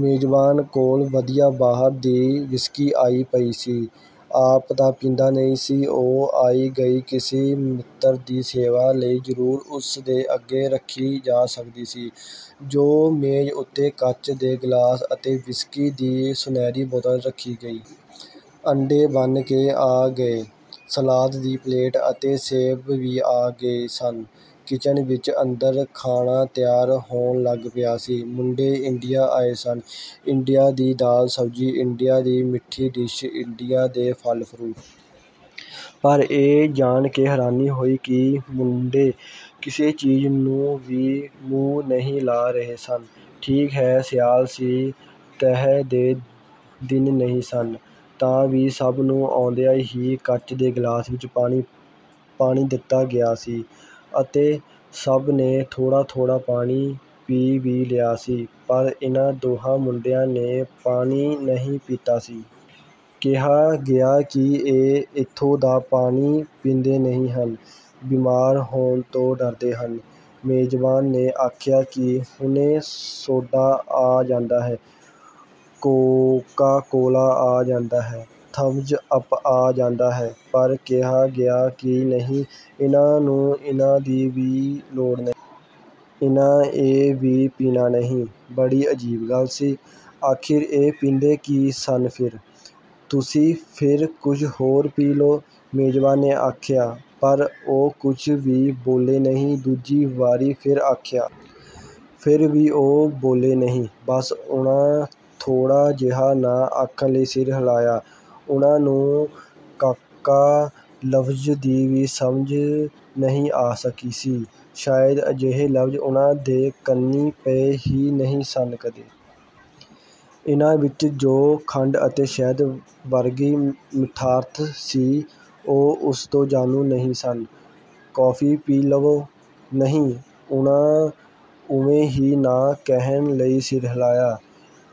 ਮੇਜ਼ਬਾਨ ਕੋਲ ਵਧੀਆ ਬਾਹਰ ਦੀ ਵਿਸਕੀ ਆਈ ਪਈ ਸੀ। ਆਪ ਤਾਂ ਪੀਂਦਾ ਨਹੀਂ ਸੀ ਉਹ ਆਏ ਗਏ ਕਿਸੇ ਮਿੱਤਰ ਦੀ ਸੇਵਾ ਲਈ ਜ਼ਰੂਰ ਉਸ ਦੇ ਅੱਗੇ ਰੱਖੀ ਜਾ ਸਕਦੀ ਸੀ। ਸੋ ਮੇਜ਼ ਉਤੇ ਕੱਚ ਦੇ ਗਲਾਸ ਅਤੇ ਵਿਸਕੀ ਦੀ ਸੁਨਹਿਰੀ ਬੋਤਲ ਰੱਖੀ ਗਈ। ਅੰਡੇ ਬਣ ਕੇ ਆ ਗਏ। ਸਲਾਦ ਦੀ ਪਲੇਟ ਅਤੇ ਸੇਬ ਵੀ ਆ ਗਏ ਸਨ। ਕਿਚਨ ਵਿਚ ਅੰਦਰ ਖਾਣਾ ਤਿਆਰ ਹੋਣ ਲੱਗ ਪਿਆ ਸੀ। ਮੁੰਡੇ ਇੰਡੀਆ ਆਏ ਹਨ। ਇੰਡੀਆ ਦੀ ਦਾਲ-ਸਬਜ਼ੀ ਇੰਡੀਆ ਦੀ ਮਿੱਠੀ ਡਿਸ਼, ਇੰਡੀਆ ਦੇ ਫਲ-ਫਰੂਟ। ਪਰ ਇਹ ਜਾਣ ਕੇ ਹੈਰਾਨੀ ਹੋਈ ਕਿ ਮੁੰਡੇ ਕਿਸੇ ਚੀਜ਼ ਨੂੰ ਵੀ ਮੂੰਹ ਨਹੀਂ ਲਾ ਰਹੇ ਸਨ। ਠੀਕ ਹੈ, ਸਿਆਲ ਸੀ, ਤ੍ਰੇਹ ਦੇ ਦਿਨ ਨਹੀਂ ਸਨ, ਤਾਂ ਵੀ ਸਭ ਨੂੰ ਆਉਂਦਿਆਂ ਹੀ ਕੱਚ ਦੇ ਗਲਾਸਾਂ ਵਿਚ ਪਾਣੀ ਦਿੱਤਾ ਗਿਆ ਸੀ ਅਤੇ ਸਭ ਨੇ ਥੋੜ੍ਹਾ-ਥੋੜ੍ਹਾ ਪਾਣੀ ਪੀ ਵੀ ਲਿਆ ਸੀ ਪਰ ਇਹਨਾਂ ਦੋਹਾਂ ਮੁੰਡਿਆਂ ਨੇ ਪਾਣੀ ਨਹੀਂ ਪੀਤਾ ਸੀ। ਕਿਹਾ ਗਿਆ ਕਿ ਇਹ ਏਥੋਂ ਦਾ ਪਾਣੀ ਪੀਂਦੇ ਨਹੀਂ ਹਨ। ਬੀਮਾਰ ਹੋਣ ਤੋਂ ਡਰਦੇ ਹਨ। ਮੇਜ਼ਬਾਨ ਨੇ ਆਖਿਆ ਕਿ ਹੁਣੇ ਸੋਡਾ ਆ ਜਾਂਦਾ ਹੈ, ਕੋਕਾ ਕੋਲਾ ਆ ਜਾਂਦਾ ਹੈ, ਥਮਜ਼ ਅੱਪ ਆ ਜਾਂਦਾ ਹੈ ਪਰ ਕਿਹਾ ਗਿਆ ਕਿ ਨਹੀਂ, ਇਹਨਾਂ ਨੂੰ ਇਹਨਾਂ ਦੀ ਵੀ ਲੋੜ ਨਹੀਂ। ਇਹਨਾਂ ਇਹ ਵੀ ਪੀਣਾ ਨਹੀਂ। ਬੜੀ ਅਜੀਬ ਗੱਲ ਸੀ। ਆਖ਼ਰ ਇਹ ਪੀਂਦੇ ਕੀ ਸਨ ਫੇਰ? ਤੁਸੀਂ ਫੇਰ ਕੁੱਝ ਹੋਰ ਪੀ ਲਓ। " ਮੇਜ਼ਬਾਨ ਨੇ ਆਖਿਆ ਪਰ ਉਹ ਕੁਝ ਵੀ ਬੋਲੇ ਨਹੀਂ। ਦੂਜੀ ਵਾਰੀ ਫੇਰ ਆਖਿਆ। ਫੇਰ ਵੀ ਉਹ ਬੋਲੇ ਨਹੀਂ। ਬੱਸ ਉਹਨਾਂ ਥੋੜ੍ਹਾ ਜਿਹਾ ਨਾਂਹ ਆਖਣ ਲਈ ਸਿਰ ਹਿਲਾਇਆ। ਉਹਨਾਂ ਨੂੰ "ਕਾਕਾ" ਲਫ਼ਜ਼ ਦੀ ਵੀ ਸਮਝ ਨਹੀਂ ਆ ਸਕੀ ਸੀ। ਸ਼ਾਇਦ ਅਜਿਹੇ ਲਫ਼ਜ਼ ਉਹਨਾਂ ਦੇ ਕੰਨੀ ਪਏ ਹੀ ਨਹੀਂ ਸਨ ਕਦੇ। ਇਹਨਾਂ ਵਿਚ ਜੋ ਖੰਡ ਅਤੇ ਸ਼ਹਿਦ ਵਰਗੀ ਮਿੱਠਤ ਸੀ, ਉਹ ਉਸ ਤੋਂ ਜਾਣੂ ਨਹੀਂ ਸਨ। "ਕੌਫੀ ਪੀ ਲਵੋ? " "ਨਹੀਂ" ਉਹਨਾਂ ਉਵੇਂ ਹੀ ਨਾਂਹ ਕਹਿਣ ਲਈ ਸਿਰ ਹਿਲਾਇਆ।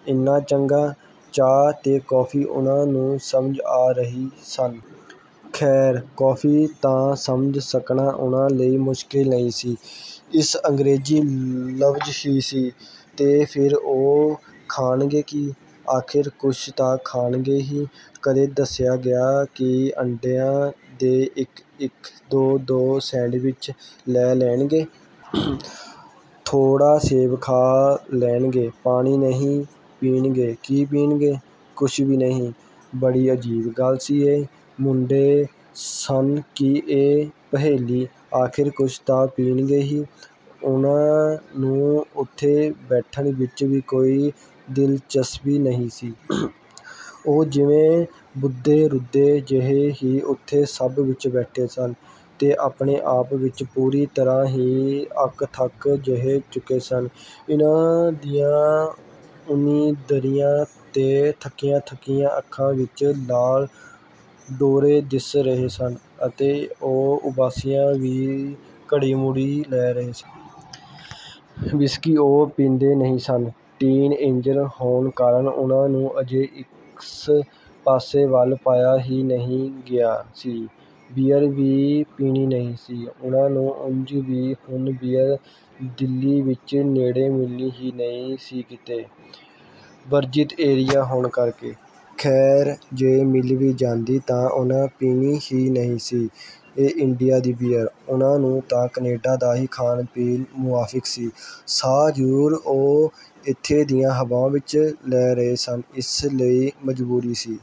ਏਨਾ ਚੰਗਾ, ਚਾਹ ਤੇ ਕੌਫ਼ੀ ਉਹਨਾਂ ਨੂੰ ਸਮਝ ਆ ਰਹੇ ਸਨ। ਖ਼ੈਰ, ਕੌਫ਼ੀ ਤਾਂ ਸਮਝ ਸਕਣਾ ਉਹਨਾਂ ਲਈ ਮੁਸ਼ਕਿਲ ਨਹੀਂ ਸੀ। ਇਸ ਅੰਗਰੇਜ਼ੀ ਲਫ਼ਜ਼ ਹੀ ਸੀ। ਤਾਂ ਫੇਰ, ਉਹ ਖਾਣਗੇ ਕੀ? ਆਖ਼ਿਰ ਕੁੱਝ ਤਾਂ ਖਾਣਗੇ ਹੀ? ਕਦੇ ਦੱਸਿਆ ਗਿਆ ਕਿ ਅੰਡਿਆਂ ਦੇ ਇਕ-ਇਕ ਦੋ-ਦੋ ਸੈਂਡਵਿਚ ਲੈ ਲੈਣਗੇ। ਥੋੜ੍ਹਾ ਸੇਬ ਖਾ ਲੈਣਗੇ। ਪਾਣੀ ਨਹੀਂ ਪੀਣਗੇ। ਕੀ ਪੀਣਗੇ? ਕੁਝ ਵੀ ਨਹੀਂ। ਬੜੀ ਅਜੀਬ ਗੱਲ ਸੀ ਇਹ। ਮੁੰਡੇ ਸਨ ਕਿ ਇਕ ਪਹੇਲੀ। ਆਖ਼ਰ ਕੁਝ ਤਾਂ ਪੀਣਗੇ ਹੀ? ਉਹਨਾਂ ਨੂੰ ਉਥੇ ਬੈਠਣ ਵਿਚ ਵੀ ਕੋਈ ਦਿਲਚਸਪੀ ਨਹੀਂ ਸੀ। ਉਹ ਜਿਵੇਂ ਬੱਧੇ ਰੁੱਧੇ ਜਿਹੇ ਹੀ ਉਥੇ ਸਭ ਵਿਚ ਬੈਠੇ ਸਨ ਤੇ ਆਪਣੇ ਆਪ ਵਿਚ ਪੂਰੀ ਤਰ੍ਹਾਂ ਉਹ ਅੱਕ-ਥੱਕ ਜਿਹੇ ਚੁੱਕੇ ਸਨ। ਇਹਨਾਂ ਦੀਆਂ ਉਣੀਂਦਰੀਆਂ ਤੇ ਥੱਕੀਆਂ-ਥੱਕੀਆਂ ਅੱਖਾਂ ਵਿਚ ਲਾਲ ਡੋਰੇ ਦਿਸ ਰਹੇ ਸਨ ਅਤੇ ਉਹ ਉਬਾਸੀਆਂ ਵੀ ਘੜੀ ਮੁੜੀ ਲੈ ਰਹੇ ਸਨ। ਵਿਸਕੀ ਉਹ ਪੀਂਦੇ ਨਹੀਂ ਸਨ। ਟੀਨ ਏਜ਼ਰ ਹੋਣ ਕਾਰਨ ਉਹਨਾਂ ਨੂੰ ਅਜੇ ਇਸ ਪਾਸੇ ਵੱਲ ਪਾਇਆ ਹੀ ਨਹੀਂ ਗਿਆ ਸੀ। ਬੀਅਰ ਵੀ ਪੀਣੀ ਨਹੀਂ ਸੀ। ਉਹਨਾਂ ਨੂੰ ਉਂਝ ਵੀ ਹੁਣ ਬੀਅਰ ਦਿੱਲੀ ਵਿਚ ਨੇੜੇ ਮਿਲਣੀ ਹੀ ਨਹੀਂ ਸੀ ਕਿਤੇ, ਵਰਜਿਤ ਏਰੀਆ ਹੋਣ ਕਾਰਨ। ਖ਼ੈਰ, ਜੇ ਮਿਲ ਵੀ ਜਾਂਦੀ ਤਾਂ ਉਹਨਾਂ ਪੀਣੀ ਹੀ ਨਹੀਂ ਸੀ ਇਹ ਇੰਡੀਆ ਦੀ ਬੀਅਰ। ਉਹਨਾਂ ਨੂੰ ਤਾਂ ਕੈਨੇਡਾ ਦਾ ਹੀ ਖਾਣਾ-ਪੀਣਾ ਮੁਆਫ਼ਿਕ ਸੀ। ਸਾਹ ਜ਼ਰੂਰ ਉਹ ਏਥੇ ਦੀਆਂ ਹਵਾਵਾਂ ਵਿਚ ਲੈ ਰਹੇ ਸਨ। ਇਸ ਲਈ ਮਜ਼ਬੂਰੀ ਸੀ।